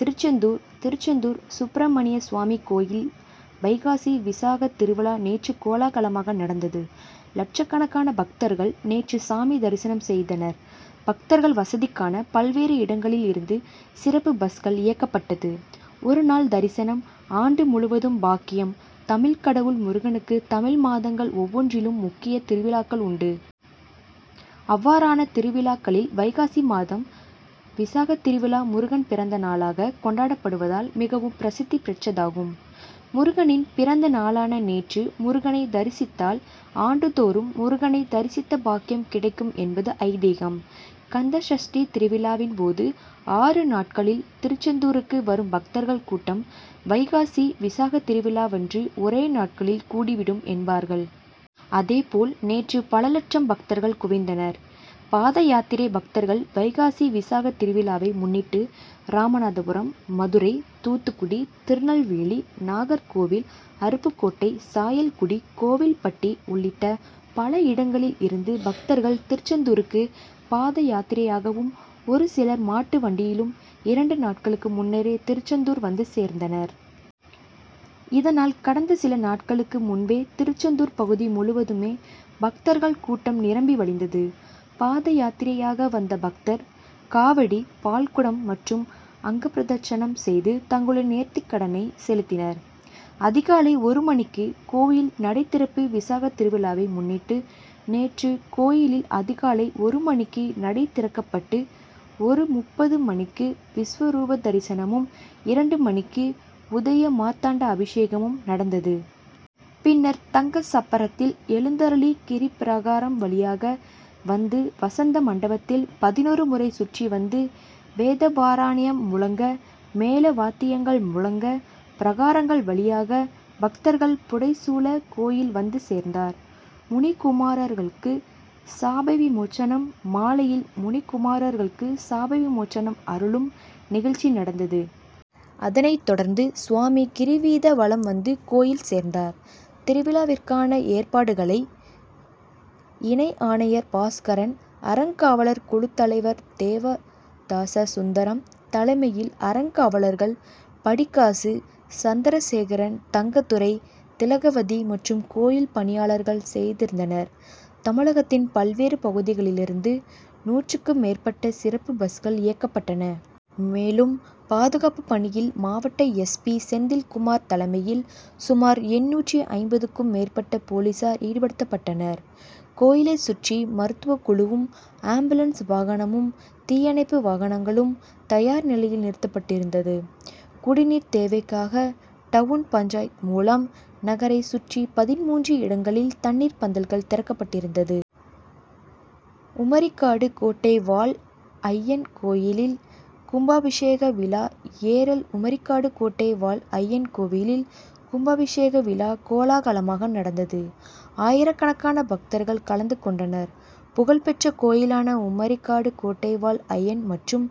திருச்செந்தூர் திருச்செந்தூர் சுப்பிரமணியசுவாமி கோயில் வைகாசி விசாகத் திருவிழா நேற்று கோலாகலமாக நடந்தது. லட்சக்கணக்கான பக்தர்கள் நேற்று சாமி தரிசனம் செய்தனர். பக்தர்கள் வசதிக்கான பல்வேறு இடங்களில் இருந்து சிறப்பு பஸ்கள் இயக்கப்பட்டது. ஒரு நாள் தரிசனம் ஆண்டு முழுவதும் பாக்கியம் தமிழ்க்கடவுள் முருகனுக்கு தமிழ் மாதங்கள் ஒவ்வொன்றிலும் முக்கிய திருவிழாக்கள் உண்டு. அவ்வாறான திருவிழாக்களில் வைகாசி மாதம் விசாகத்திருவிழா முருகன் பிறந்தநாளாக கொண்டாடப்படுவதால் மிகவும் பிரசித்தி பெற்றதாகும். முருகனின் பிறந்த நாளான நேற்று முருகனை தரிசித் தால் ஆண்டுதோறும் முரு கனை தரிசித்த பாக்கியம் கிடைக்கும் என்பது ஐதீகம். கந்த சஷ்டி திருவிழாவின் போது ஆறு நாட்களில் திருச்செந்தூருக்கு வரும் பக்தர்கள் கூட்டம் வைகாசி விசாகத்திருவிழாவன்று ஒரே நாட்களில் கூடிவிடும் என்பார்கள். அதே போல் நேற்று பல லட்சம் பக்தர்கள் குவிந்தனர். பாதயாத்திரை பக்தர்கள் வைகாசி விசாக திருவிழாவை முன்னிட்டு ராமநாதபுரம், மதுரை, தூத்துக்குடி, திருநெல்வேலி, நாகர்கோவில், அருப்புக்கோட்டை, சாயல்குடி, கோவில்பட்டி உள்ளிட்ட பல இடங்களில் இருந்து பக்தர்கள் திருச்செந்தூருக்கு பாதயாத்திரையாகவும் ஒருசிலர் மாட்டுவண்டியிலும் இரண்டு நாட்களுக்கு முன்னரே திருச்செந்தூர் வந்து சேர்ந்தனர். இதனால் கடந்த சில நாட்களுக்கு முன்பே திருச்செந்தூர் பகுதி முழுவதுமே பக்தர்கள் கூட்டம் நிரம்பி வழிந்தது. பாத யாத்திரையாக வந்த பக்தர் காவடி, பால்குடம் மற்றும் அங்கபிரதட்சணம் செய்து தங்களின் நேர்த்திகடனை செலுத்தினர். அதிகாலை ஒரு மணிக்கு கோயில் நடைதிறப்பு விசாக திருவிழாவை முன்னிட்டு நேற்று கோயிலில் அதிகாலை ஒரு மணிக்கு நடை திறக்கப்பட்டு ஒரு முப்பது மணிக்கு விஸ்வரூபதரிசனமும், இரண்டு மணிக்கு உதய மார்த்தாண்ட அபிஷேகமும் நடந்தது. பின்னர் தங்கசப்பரத்தில் எழுந்தருளி கிரிப்பிரகாரம் வழியாக வந்து வசந்த மண்டபத்தில் பதினொரு முறை சுற்றி வந்து வேதபாராயணம் முழங்க, மேள வாத்தியங்கள் முழங்க பிரகாரங்கள் வழியாக பக்தர்கள் புடை சூழ கோயில் வந்து சேர்ந்தார். முனிகுமாரர்களுக்கு சாபவிமோச்சனம் மாலையில் முனிக்குமாரர்களுக்கு சாப விமோச்சனம் அருளும் நிகழ்ச்சி நடந்தது. அதனைத் தொடர்ந்து சுவாமி கிரிவீத வலம் வந்து கோயில் சேர்ந்தார். திருவிழாவிற்கான ஏற்பாடுகளை இணை ஆணையர் பாஸ்கரன், அறங்காவலர் குழுத் தலைவர் தேவ தாச சுந்தரம் தலைமையில் அறங்காவலர்கள், படிக்காசு, சந்திரசேகரன், தங்கத்துரை, திலகவதி மற்றும் கோயில் பணியாளர்கள் செய்திருந்தனர். தமிழகத்தின் பல்வேறு பகுதிகளிலிருந்து நூற்றுக்கும் மேற்பட்ட சிறப்பு பஸ்கள் இயக்கப்பட்டன. மேலும் பாதுகாப்பு பணியில் மாவட்ட எஸ்பி.,செந்தில்குமார் தலைமையில் சுமார் எண்ணூற்றி ஐம்பது க்கும் மேற்பட்ட போலீசார் ஈடுபடுத்தப்பட்டனர். கோயிலைச் சுற்றி மருத்துவக்குழுவும், ஆம்புலன்ஸ் வாகனமும், தீயணைப்பு வாகனங்களும் தயார் நிலையில் நிறுத்தப்பட்டிருந்தது. குடிநீர் தேவைக்காக டவுன் பஞ்சாயத்.,மூலம் நகரைச் சுற்றி பதிமூன்று இடங்களில் தண்ணீர் பந்தல்கள் திறக்கப்பட்டிருந்தது. உமரிக்காடு கோட்டை வாழ் ஐயன் கோயிலில் கும்பாபிஷேக விழா ஏரல் உமரிக்காடு கோட்டை வாழ் ஐயன் கோயிலில் கும்பாபிஷேக விழா கோலாகலமாக நடந்தது. ஆயிரக்கணக்கான பக்தர்கள் கலந்து கொண்டனர். புகழ் பெற்ற கோயிலானா உமரிக்காடு கோட்டைவாழ் ஐயன் மற்றும்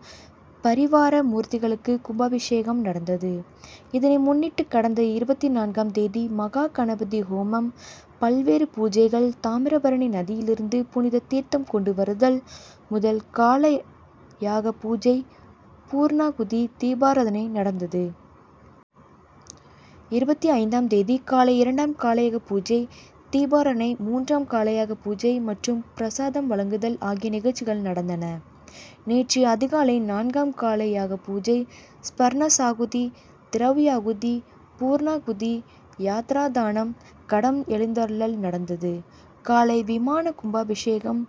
பரிவார மூர்த்திகளுக்கு கும்பாபிஷேகம் நடந்தது. இதனை முன்னிட்டு கடந்த இருபத்தி நான்காம் தேதி மகா கணபதி ஹோமம், பல்வேறு பூஜைகள் தாமிரபரணி நதியிலிருந்து புனித தீர்த்தம் கொண்டு வருதல், முதல் கால யாக பூஜை, பூர்ணாகுதி, தீபாராதனை, நடந்தது. இருபத்தி ஐந்தாம் தேதி காலை இரண்டாம் காலயாகபூஜை, தீபாராதனை, மூன்றாம் காலயாக பூஜை மற்றும் பிரசாதம் வழங்குதல் ஆகிய நிகழ்ச்சிகள் நடந்தது. நேற்று அதிகாலை நான்காம் கால யாகபூஜை, ஸ்பர்ணசாகுதி, திரவ்யாகுதி, பூர்ணாகுதி, யாத்ராதானம், கடம் எழுந்தருளல் நடந்தது. காலை விமான கும்பாபிஷேகம்,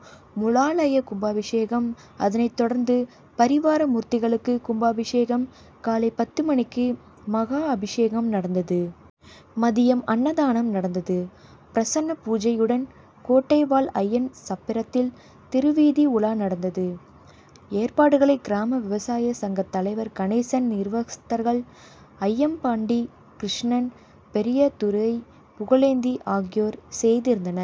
முலாலய கும்பாபிஷேகம், அதனை தொடர்ந்து பரிவார மூர்த்திகளுக்கு கும்பாபிஷேகம் காலை பத்து மணிக்கு மகா அபிஷேகம் நடந்தது. மதியம் அன்னதானம் நடந்தது. பிரசன்ன பூஜையுடன் கோட்டைவாழ் ஐயன் சப்பரத்தில் திருவீதி உலா நடந்தது. ஏற்பாடுகளை கிராம விவசாய சங்க தலைவர் கணேசன் நிர்வகஸ்தர்கள், அய்யம்பாண்டி, கிரஷ்ணன், பெரியதுரை, புகழேந்தி ஆகியோர் செய்திருந்தன.